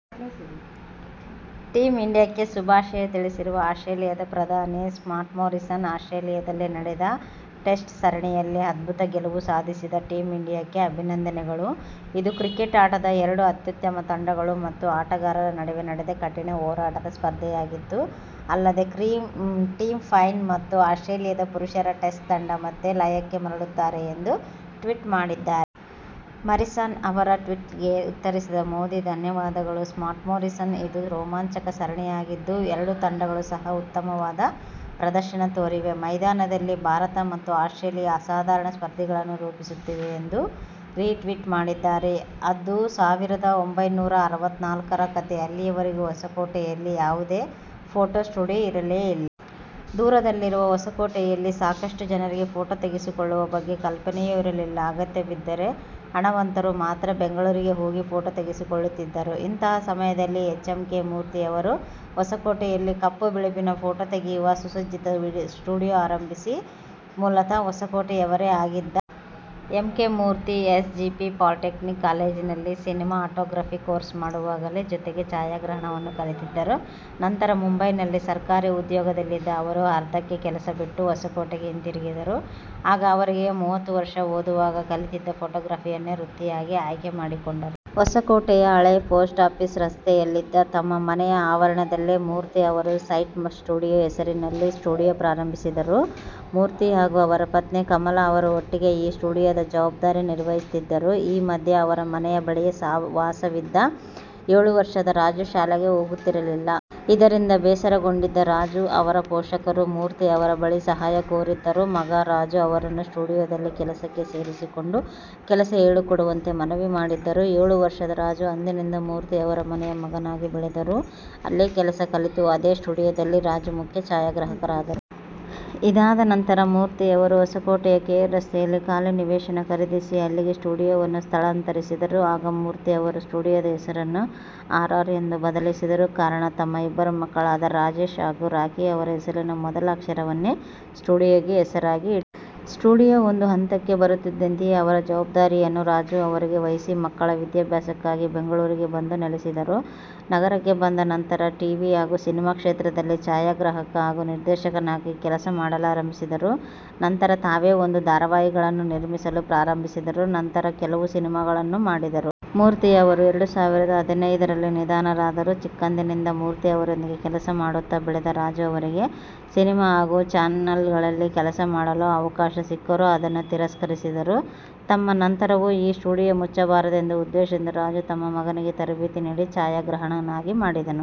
Team ಇಂಡಿಯಾಕ್ಕೆ ಶುಭಾಶಯ ತಿಳಿಸಿರುವ ಆಸ್ಟ್ರೇಲಿಯಾದ ಪ್ರಧಾನಿ ಸ್ಕಾಟ್ಮೊರಿಸನ್, ಆಸ್ಟ್ರೇಲಿಯಾದಲ್ಲಿ ನಡೆದ ಟೆಸ್ಟ್ ಸರಣಿಯಲ್ಲಿ ಅದ್ಭುತ ಗೆಲುವು ಸಾಧಿಸಿದ ಟೀಂ ಇಂಡಿಯಾಕ್ಕೆ ಅಭಿನಂದನೆಗಳು. ಇದು ಕ್ರಿಕೆಟ್ ಆಟದ ಎರಡು ಅತ್ಯುತ್ತಮ ತಂಡಗಳು ಮತ್ತು ಆಟಗಾರರ ನಡುವೆ ನಡೆದ ಕಠಿಣ ಹೋರಾಟದ ಸ್ಪರ್ಧೆಯಾಗಿತ್ತು. ಅಲ್ಲದೆ ಟಿಮ್ ಪೈನ್ ಮತ್ತು ಆಸ್ಟ್ರೇಲಿಯಾದ ಪುರುಷರ ಟೆಸ್ಟ್ ತಂಡ ಮತ್ತೆ ಲಯಕ್ಕೆ ಮರಳುತ್ತಾರೆ ಎಂದು ಟ್ವೀಟ್ ಮಾಡಿದ್ದಾರೆ. ಮಾರಿಸನ್ ಅವರ ಟ್ವೀಟ್ಗೆ ಉತ್ತರಿಸಿದ ಮೋದಿ, ಧನ್ಯವಾದಗಳು ಸ್ಕಾಟ್ಮೊರಿಸನ್, ಇದು ರೋಮಾಂಚಕ ಸರಣಿಯಾಗಿದ್ದು, ಎರಡೂ ತಂಡಗಳು ಸಹ ಉತ್ತಮವಾದ ಪ್ರದರ್ಶನ ತೋರಿವೆ. ಮೈದಾನದಲ್ಲಿ ಭಾರತ ಮತ್ತು ಆಸ್ಟ್ರೇಲಿಯಾ ಅಸಾಧಾರಣ ಸ್ಪರ್ಧಿಗಳನ್ನು ರೂಪಿಸುತ್ತವೆ ಎಂದು ರೀ ಟ್ವೀಟ್ ಮಾಡಿದ್ದಾರೆ. ಅದು ಸಾವಿರದ ಒಂಭೈನೂರ ಅರವತ್ನಾಲ್ಕರ ಕತೆ. ಅಲ್ಲಿಯವರೆಗೆ ಹೊಸಕೋಟೆಯಲ್ಲಿ ಯಾವುದೇ ಫೋಟೊ ಸ್ಟುಡಿಯೊ ಇರಲೇ ಇಲ್ಲ. ದೂರದಲ್ಲಿರುವ ಹೊಸಕೋಟೆಯಲ್ಲಿ ಸಾಕಷ್ಟು ಜನರಿಗೆ ಫೋಟೊ ತೆಗೆಸಿಕೊಳ್ಳುವ ಬಗ್ಗೆ ಕಲ್ಪನೆಯೂ ಇರಲಿಲ್ಲ. ಅಗತ್ಯ ಬಿದ್ದರೆ ಹಣವಂತರು ಮಾತ್ರ ಬೆಂಗಳೂರಿಗೆ ಹೋಗಿ ಫೋಟೊ ತೆಗೆಸಿಕೊಳ್ಳುತ್ತಿದ್ದರು. ಇಂತಹ ಸಮಯದಲ್ಲಿ ಎಚ್. ಎಂ. ಕೆ. ಮೂರ್ತಿ ಅವರು ಹೊಸಕೋಟೆಯಲ್ಲಿ ಕಪ್ಪು ಬಿಳುಪಿನ ಫೋಟೊ ತೆಗೆಯುವ ಸುಸಜ್ಜಿತ ಸ್ಟುಡಿಯೊ ಆರಂಭಿಸಿ. ಮೂಲತಃ ಹೊಸಕೋಟೆಯವರೇ ಆಗಿದ್ದ M. K. Murthy S. J. P polytechnic ಕಾಲೇಜಿನಲ್ಲಿ ಸಿನಿಮಾಟೋಗ್ರಫಿ ಕೋರ್ಸ್ ಮಾಡುವಾಗಲೇ ಜೊತೆಗೆ ಛಾಯಾಗ್ರಹಣವನ್ನು ಕಲಿತಿದ್ದರು. ನಂತರ ಮುಂಬೈನಲ್ಲಿ ಸರ್ಕಾರಿ ಉದ್ಯೋಗದಲ್ಲಿದ್ದ ಅವರು, ಅರ್ಧಕ್ಕೆ ಕೆಲಸ ಬಿಟ್ಟು ಹೊಸಕೋಟೆಗೆ ಹಿಂತಿರುಗಿದರು. ಆಗ ಅವರಿಗೆ ಮೂವತ್ತು ವರ್ಷ. ಓದುವಾಗ ಕಲಿತಿದ್ದ ಫೋಟೊಗ್ರಫಿಯನ್ನೇ ವೃತ್ತಿಯಾಗಿ ಆಯ್ಕೆ ಮಾಡಿಕೊಂಡರು. ಹೊಸಕೋಟೆಯ ಹಳೇ ಪೋಸ್ಟ್ ಆಫೀಸ್ ರಸ್ತೆಯಲ್ಲಿದ್ದ ತಮ್ಮ ಮನೆಯ ಆವರಣದಲ್ಲೇ ಮೂರ್ತಿ ಅವರು 'ಸೈಟ್ ಸ್ಟುಡಿಯೊ' ಹೆಸರಿನಲ್ಲಿ ಸ್ಟುಡಿಯೊ ಪ್ರಾರಂಭಿಸಿದರು. ಮೂರ್ತಿ ಹಾಗೂ ಅವರ ಪತ್ನಿ ಕಮಲಾ ಅವರು ಒಟ್ಟಿಗೆ ಈ ಸ್ಟುಡಿಯೊದ ಜವಾಬ್ದಾರಿ ನಿರ್ವಹಿಸುತ್ತಿದ್ದರು. ಈ ಮಧ್ಯೆ ಅವರ ಮನೆಯ ಬಳಿಯೇ ವಾಸವಿದ್ದ ಏಳು ವರ್ಷದ ರಾಜು ಶಾಲೆಗೆ ಹೋಗುತ್ತಿರಲಿಲ್ಲ. ಇದರಿಂದ ಬೇಸರಗೊಂಡಿದ್ದ ರಾಜು ಅವರ ಪೋಷಕರು ಮೂರ್ತಿ ಅವರ ಬಳಿ ಸಹಾಯ ಕೋರಿದ್ದರು. ಮಗ ರಾಜು ಅವರನ್ನು ಸ್ಟುಡಿಯೊದಲ್ಲಿ ಕೆಲಸಕ್ಕೆ ಸೇರಿಸಿಕೊಂಡು ಕೆಲಸ ಹೇಳಿಕೊಡುವಂತೆ ಮನವಿ ಮಾಡಿದ್ದರು. ಏಳು ವರ್ಷದ ರಾಜು ಅಂದಿನಿಂದ ಮೂರ್ತಿ ಅವರ ಮನೆಯ ಮಗನಾಗಿ ಬೆಳೆದರು. ಅಲ್ಲೇ ಕೆಲಸ ಕಲಿತು, ಅದೇ ಸ್ಟುಡಿಯೊದಲ್ಲಿ ರಾಜು ಮುಖ್ಯ ಛಾಯಾಗ್ರಾಹಕರಾದರು. ಇದಾದ ನಂತರ ಮೂರ್ತಿ ಅವರು ಹೊಸಕೋಟೆಯ ಕೆ. ಆರ್. ರಸ್ತೆಯಲ್ಲಿ ಖಾಲಿ ನಿವೇಶನ ಖರೀದಿಸಿ, ಅಲ್ಲಿಗೆ ಸ್ಟುಡಿಯೊವನ್ನು ಸ್ಥಳಾಂತರಿಸಿದರು. ಆಗ ಮೂರ್ತಿ ಅವರು ಸ್ಟುಡಿಯೊದ ಹೆಸರನ್ನು ಆರ್. ಆರ್. ಎಂದು ಬದಲಿಸಿದರು. ಕಾರಣ ತಮ್ಮ ಇಬ್ಬರು ಮಕ್ಕಳಾದ ರಾಜೇಶ್ ಹಾಗೂ ರಾಖಿ ಅವರ ಹೆಸರಿನ ಮೊದಲ ಅಕ್ಷರವನ್ನೇ ಸ್ಟುಡಿಯೊಗೆ ಹೆಸರಾಗಿ ಇಟ್ಟರು. ಸ್ಟುಡಿಯೊ ಒಂದು ಹಂತಕ್ಕೆ ಬರುತ್ತಿದ್ದಂತೆಯೇ ಅದರ ಜವಾಬ್ದಾರಿಯನ್ನು ರಾಜು ಅವರಿಗೆ ವಹಿಸಿ ಮಕ್ಕಳ ವಿದ್ಯಾಭ್ಯಾಸಕ್ಕಾಗಿ ಬೆಂಗಳೂರಿಗೆ ಬಂದು ನೆಲೆಸಿದರು. ನಗರಕ್ಕೆ ಬಂದ ನಂತರ ಟೀವಿ ಹಾಗೂ ಸಿನಿಮಾ ಕ್ಷೇತ್ರದಲ್ಲಿ ಛಾಯಾಗ್ರಾಹಕ ಹಾಗೂ ನಿರ್ದೇಶಕನಾಗಿ ಕೆಲಸ ಮಾಡಲಾರಂಭಿಸಿದರು. ನಂತರ ತಾವೇ ಒಂದು ಧಾರಾವಾಹಿಗಳನ್ನೂ ನಿರ್ಮಿಸಲು ಪ್ರಾರಂಭಿಸಿದರು. ನಂತರ ಕೆಲವು ಸಿನಿಮಾಗಳನ್ನೂ ಮಾಡಿದರು. ಮೂರ್ತಿಯವರು ಎರಡು ಸಾವಿರದ ಹದಿನೈದರಲ್ಲಿ ನಿಧನರಾದರು. ಚಿಕ್ಕಂದಿನಿಂದ ಮೂರ್ತಿ ಅವರೊಂದಿಗೆ ಕೆಲಸ ಮಾಡುತ್ತ ಬೆಳೆದ ರಾಜು ಅವರಿಗೆ ಸಿನಿಮಾ ಹಾಗೂ ಚಾನಲ್ಗಳಲ್ಲಿ ಕೆಲಸ ಮಾಡಲು ಅವಕಾಶ ಸಿಕ್ಕರೂ ಅದನ್ನು ತಿರಸ್ಕರಿಸಿದ್ದರು. ತಮ್ಮ ನಂತರವೂ ಈ ಸ್ಟುಡಿಯೊ ಮುಚ್ಚಬಾರದೆಂಬ ಉದ್ದೇಶದಿಂದ ರಾಜು, ತಮ್ಮ ಮಗನಿಗೆ ತರಬೇತಿ ನೀಡಿ ಛಾಯಾಗ್ರಾಹಕನನ್ನಾಗಿ ಮಾಡಿದರು.